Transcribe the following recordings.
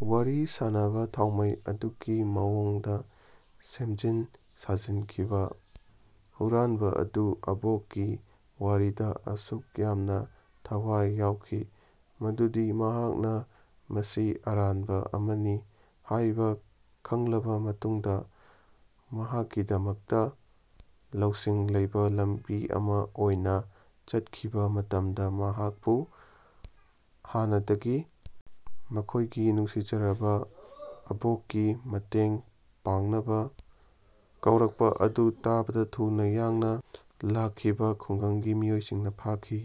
ꯋꯥꯔꯤ ꯁꯥꯅꯕꯥ ꯊꯥꯎꯃꯩ ꯑꯗꯨꯒꯤ ꯃꯑꯣꯡꯗꯥ ꯁꯦꯝꯖꯤꯟ ꯁꯥꯖꯤꯟꯈꯤꯕꯥ ꯍꯨꯔꯥꯟꯕꯥ ꯑꯗꯨ ꯑꯕꯣꯛꯀꯤ ꯋꯥꯔꯤꯗꯥ ꯑꯁꯨꯛ ꯌꯥꯝꯅꯥ ꯊꯋꯥꯏ ꯌꯥꯎꯈꯤ ꯃꯗꯨꯗꯤ ꯃꯍꯥꯛꯅꯥ ꯃꯁꯤ ꯑꯔꯥꯟꯕꯥ ꯑꯃꯅꯤ ꯍꯥꯏꯕꯥ ꯈꯪꯂꯕꯥ ꯃꯇꯨꯡꯗꯥ ꯃꯍꯥꯛꯀꯤꯗꯃꯛꯇꯥ ꯂꯧꯁꯤꯡ ꯂꯩꯕꯥ ꯂꯝꯕꯤ ꯑꯃꯥ ꯑꯣꯏꯅꯥ ꯆꯠꯈꯤꯕꯥ ꯃꯇꯝꯗꯥ, ꯃꯍꯥꯛꯄꯨ ꯍꯥꯟꯅꯗꯒꯤ ꯃꯈꯣꯏꯒꯤ ꯅꯨꯡꯁꯤꯖꯔꯕꯥ ꯑꯕꯣꯛꯀꯤ ꯃꯇꯦꯡ ꯄꯥꯡꯅꯕꯥ ꯀꯧꯔꯛꯄꯥ ꯑꯗꯨ ꯇꯥꯕꯗꯥ ꯊꯨꯅꯥ ꯌꯥꯡꯅꯥ ꯂꯥꯛꯈꯤꯕꯥ ꯈꯨꯡꯒꯪꯒꯤ ꯃꯤꯑꯣꯏꯁꯤꯡꯅꯥ ꯐꯥꯈꯤ꯫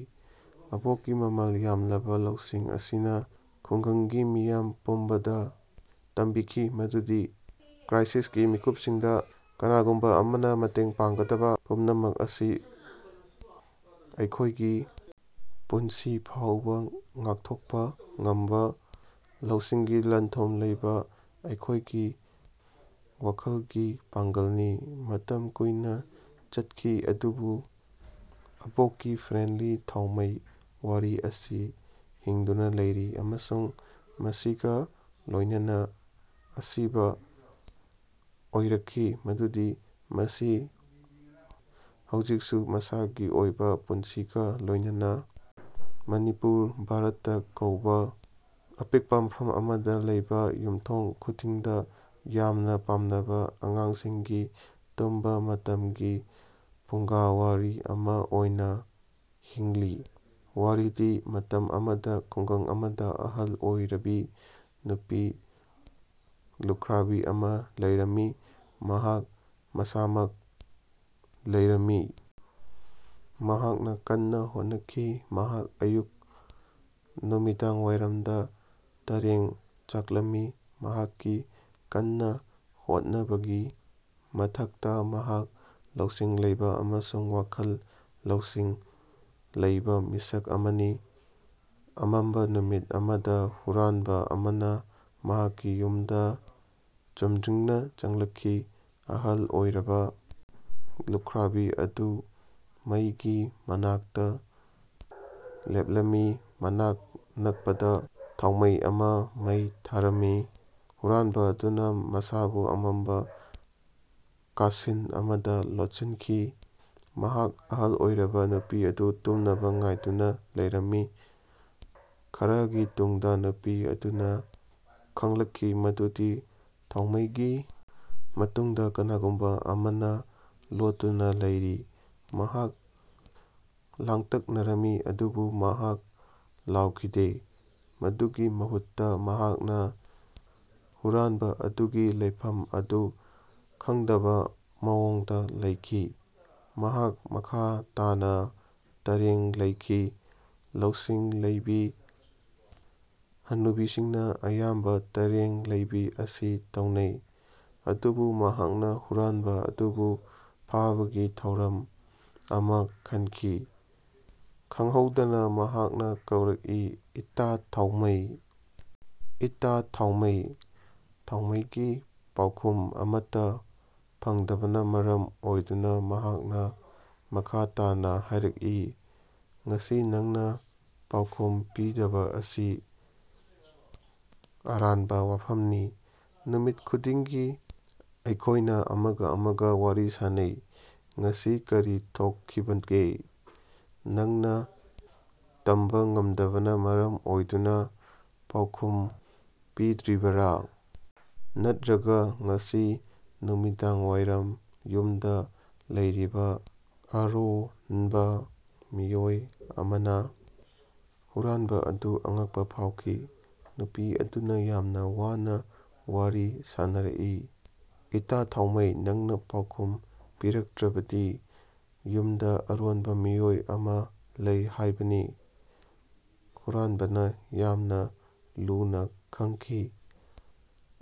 ꯑꯕꯣꯛꯀꯤ ꯃꯃꯜ ꯌꯥꯝꯂꯕꯥ ꯂꯧꯁꯤꯡ ꯑꯁꯤꯅꯥ ꯈꯨꯡꯒꯪꯒꯤ ꯃꯤꯌꯥꯝ ꯄꯨꯝꯕꯗꯥ ꯇꯝꯕꯤꯈꯤ ꯃꯗꯨꯗꯤ ꯀ꯭ꯔꯥꯏꯁꯤꯁꯀꯤ ꯃꯤꯀꯨꯞꯁꯤꯡꯗꯥ ꯀꯅꯥꯒꯨꯝꯕꯥ ꯑꯃꯅꯥ ꯃꯇꯦꯡ ꯄꯥꯡꯒꯗꯕꯥ ꯄꯨꯝꯅꯃꯛ ꯑꯁꯤ ꯑꯩꯈꯣꯏꯒꯤ ꯄꯨꯟꯁꯤ ꯐꯥꯎꯕꯥ ꯉꯥꯛꯊꯣꯛꯄꯥ ꯉꯝꯕꯥ ꯂꯧꯁꯤꯡꯒꯤ ꯂꯟ-ꯊꯨꯝ ꯂꯩꯕꯥ ꯑꯩꯈꯣꯏꯒꯤ ꯋꯥꯈꯜꯒꯤ ꯄꯥꯡꯒꯜꯅꯤ꯫ ꯃꯇꯝ ꯀꯨꯏꯅꯥ ꯆꯠꯈꯤ ꯑꯗꯨꯕꯨ ꯑꯕꯣꯛꯀꯤ ꯐ꯭ꯔꯦꯟꯗꯂꯤ ꯊꯥꯎꯃꯩ ꯋꯥꯔꯤ ꯑꯁꯤ ꯍꯤꯡꯗꯨꯅꯥ ꯂꯩꯔꯤ ꯑꯃꯁꯨꯡ ꯃꯁꯤꯒꯥ ꯂꯣꯏꯅꯅꯥ ꯑꯁꯤꯕꯥ ꯑꯣꯏꯔꯛꯈꯤ ꯃꯗꯨꯗꯤ ꯃꯁꯤ ꯍꯧꯖꯤꯛꯁꯨ ꯃꯁꯥꯒꯤ ꯑꯣꯏꯕꯥ ꯄꯨꯟꯁꯤꯒꯥ ꯂꯣꯏꯅꯅꯥ ꯃꯅꯤꯄꯨꯔ (ꯚꯥꯔꯠꯇꯥ) ꯀꯧꯕꯥ ꯑꯄꯤꯛꯄꯥ ꯃꯐꯝ ꯑꯃꯗꯥ ꯂꯩꯕꯥ ꯌꯨꯝꯊꯣꯡ ꯈꯨꯗꯤꯡꯗꯥ ꯌꯥꯝꯅꯥ ꯄꯥꯝꯅꯕꯥ ꯑꯉꯥꯡꯁꯤꯡꯒꯤ ꯇꯨꯝꯕꯥ ꯃꯇꯝꯒꯤ ꯐꯨꯡꯒꯥ ꯋꯥꯔꯤ ꯑꯃꯥ ꯑꯣꯏꯅꯥ ꯍꯤꯡꯂꯤ꯫ ꯋꯥꯔꯤꯗꯤ, ꯃꯇꯝ ꯑꯃꯗ ꯈꯨꯡꯒꯪ ꯑꯃꯗ ꯑꯍꯜ ꯑꯣꯏꯔꯕꯤ ꯅꯨꯄꯤ ꯂꯨꯈ꯭ꯔꯥꯕꯤ ꯑꯃ ꯂꯩꯔꯝꯃꯤ꯫ ꯃꯍꯥꯛ ꯃꯁꯥꯃꯛ ꯂꯩꯔꯝꯃꯤ꯫ ꯃꯍꯥꯛꯅꯥ ꯀꯟꯅ ꯍꯣꯠꯅꯈꯤ꯫ ꯃꯍꯥꯛ ꯑꯌꯨꯛ ꯅꯨꯃꯤꯗꯥꯡꯋꯥꯏꯔꯝꯗ ꯇꯔꯦꯡ ꯆꯥꯛꯂꯝꯃꯤ꯫ ꯃꯍꯥꯛꯀꯤ ꯀꯟꯅꯥ ꯍꯣꯠꯅꯕꯒꯤ ꯃꯊꯛꯇꯥ ꯃꯍꯥꯛ ꯂꯧꯁꯤꯡ ꯂꯩꯕꯥ ꯑꯃꯁꯨꯡ ꯋꯥꯈꯜ ꯂꯧꯁꯤꯡ ꯂꯩꯕꯥ ꯃꯤꯁꯛ ꯑꯃꯅꯤ꯫ ꯑꯃꯝꯕꯥ ꯅꯨꯃꯤꯠ ꯑꯃꯗꯥ ꯍꯨꯔꯥꯟꯕꯥ ꯑꯃꯅꯥ ꯃꯍꯥꯛꯀꯤ ꯌꯨꯝꯗꯥ ꯆꯨꯝꯗ꯭ꯔꯤꯡꯅꯥ ꯆꯪꯂꯛꯈꯤ꯫ ꯑꯍꯜ ꯑꯣꯏꯔꯕꯥ ꯂꯨꯈ꯭ꯥꯔꯕꯤ ꯑꯗꯨ ꯃꯩꯒꯤ ꯃꯅꯥꯛꯇꯥ ꯂꯦꯞꯂꯝꯃꯤ꯫ ꯃꯅꯥꯛ ꯅꯛꯄꯗꯥ ꯊꯥꯎꯃꯩ ꯑꯃꯥ ꯃꯩ ꯊꯥꯔꯝꯃꯤ꯫ ꯍꯨꯔꯥꯟꯕꯥ ꯑꯗꯨꯅꯥ ꯃꯁꯥꯕꯨ ꯑꯃꯝꯕꯥ ꯀꯥꯁꯤꯟ ꯑꯃꯗꯥ ꯂꯣꯠꯁꯤꯟꯈꯤ꯫ ꯃꯍꯥꯛ ꯑꯍꯜ ꯑꯣꯏꯔꯕꯥ ꯅꯨꯄꯤ ꯑꯗꯨ ꯇꯨꯝꯅꯕꯥ ꯉꯥꯏꯗꯨꯅꯥ ꯂꯩꯔꯝꯃꯤ꯫ ꯈꯔꯥꯒꯤ ꯇꯨꯡꯗꯥ ꯅꯨꯄꯤ ꯑꯗꯨꯅꯥ ꯈꯪꯂꯛꯈꯤ ꯃꯗꯨꯗꯤ ꯊꯥꯎꯃꯩꯒꯤ ꯃꯇꯨꯡꯗꯥ ꯀꯅꯥꯒꯨꯝꯕꯥ ꯑꯃꯅꯥ ꯂꯣꯠꯇꯨꯅꯥ ꯂꯩꯔꯤ꯫ ꯃꯍꯥꯛ ꯂꯥꯡꯇꯛꯅꯔꯝꯃꯤ ꯑꯗꯨꯕꯨ ꯃꯍꯥꯛ ꯂꯥꯎꯈꯤꯗꯦ꯫ ꯃꯗꯨꯒꯤ ꯃꯍꯨꯠꯇꯥ, ꯃꯍꯥꯛꯅꯥ ꯍꯨꯔꯥꯟꯕꯥ ꯑꯗꯨꯒꯤ ꯂꯩꯐꯝ ꯑꯗꯨ ꯈꯪꯗꯕꯥ ꯃꯑꯣꯡꯗꯥ ꯂꯩꯈꯤ꯫ ꯃꯍꯥꯛ ꯃꯈꯥ ꯇꯥꯅꯥ ꯇꯔꯦꯡ ꯂꯩꯈꯤ꯫ ꯂꯧꯁꯤꯡ ꯂꯩꯕꯤ ꯍꯅꯨꯕꯤꯁꯤꯡꯅ ꯑꯌꯥꯝꯕ ꯇꯔꯦꯡ ꯂꯩꯕꯤ ꯑꯁꯤ ꯇꯧꯅꯩ꯫ ꯑꯗꯨꯕꯨ ꯃꯍꯥꯛꯅꯥ ꯍꯨꯔꯥꯟꯕꯥ ꯑꯗꯨꯕꯨ ꯐꯥꯕꯒꯤ ꯊꯧꯔꯝ ꯑꯃ ꯈꯟꯈꯤ꯫ ꯈꯪꯍꯧꯗꯅꯥ ꯃꯍꯥꯛꯅꯥ ꯀꯧꯔꯛꯏ, "ꯏꯇꯥ-ꯊꯥꯎꯃꯩ! ꯏꯇꯥ-ꯊꯥꯎꯃꯩ!" ꯊꯥꯎꯃꯩꯒꯤ ꯄꯥꯎꯈꯨꯝ ꯑꯃꯠꯇꯥ ꯐꯪꯗꯕꯅꯥ ꯃꯔꯝ ꯑꯣꯏꯗꯨꯅꯥ ꯃꯍꯥꯛꯅꯥ ꯃꯈꯥ ꯇꯥꯅꯥ ꯍꯥꯏꯔꯛꯏ, "ꯉꯁꯤ ꯅꯪꯅꯥ ꯄꯥꯎꯈꯨꯝ ꯄꯤꯗꯕꯥ ꯑꯁꯤ ꯑꯔꯥꯟꯕꯥ ꯋꯥꯐꯝꯅꯤ꯫ ꯅꯨꯃꯤꯠ ꯈꯨꯗꯤꯡꯒꯤ ꯑꯩꯈꯣꯏꯅꯥ ꯑꯃꯒꯥ ꯑꯃꯒꯥ ꯋꯥꯔꯤ ꯁꯥꯅꯩ꯫ ꯉꯁꯤ ꯀꯔꯤ ꯊꯣꯛꯈꯤꯕꯒꯦ? ꯅꯪꯅꯥ ꯇꯝꯕꯥ ꯉꯝꯗꯕꯅꯥ ꯃꯔꯝ ꯑꯣꯏꯗꯨꯅꯥ ꯄꯥꯎꯈꯨꯝ ꯄꯤꯗ꯭ꯔꯤꯕꯔꯥ? ꯅꯠꯔꯒ ꯉꯁꯤ ꯅꯨꯃꯤꯗꯥꯡꯋꯥꯏꯔꯝ ꯌꯨꯝꯗꯥ ꯂꯩꯔꯤꯕꯥ ꯑꯔꯣꯪ.. ꯟꯕ ꯃꯤꯑꯣꯏ ꯑꯃꯥꯅ? ꯍꯨꯔꯥꯟꯕꯥ ꯑꯗꯨ ꯑꯉꯛꯄꯥ ꯐꯥꯎꯈꯤ꯫ ꯅꯨꯄꯤ ꯑꯗꯨꯅꯥ ꯌꯥꯝꯅꯥ ꯋꯥꯅꯥ ꯋꯥꯔꯤ ꯁꯥꯅꯔꯛꯏ, "ꯏꯇꯥ-ꯊꯥꯎꯃꯩ, ꯅꯪꯅꯥ ꯄꯥꯎꯈꯨꯝ ꯄꯤꯔꯛꯇ꯭ꯔꯕꯗꯤ ꯌꯨꯝꯗꯥ ꯑꯔꯣꯟꯕꯥ ꯃꯤꯑꯣꯏ ꯑꯃꯥ ꯂꯩ ꯍꯥꯏꯕꯅꯤ꯫ ꯍꯨꯔꯥꯟꯕꯅꯥ ꯌꯥꯝꯅꯥ ꯂꯨꯅꯥ ꯈꯪꯈꯤ,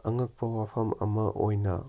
"ꯑꯉꯛꯄꯥ ꯋꯥꯐꯝ ꯑꯃꯥ ꯑꯣꯏꯅ"꯫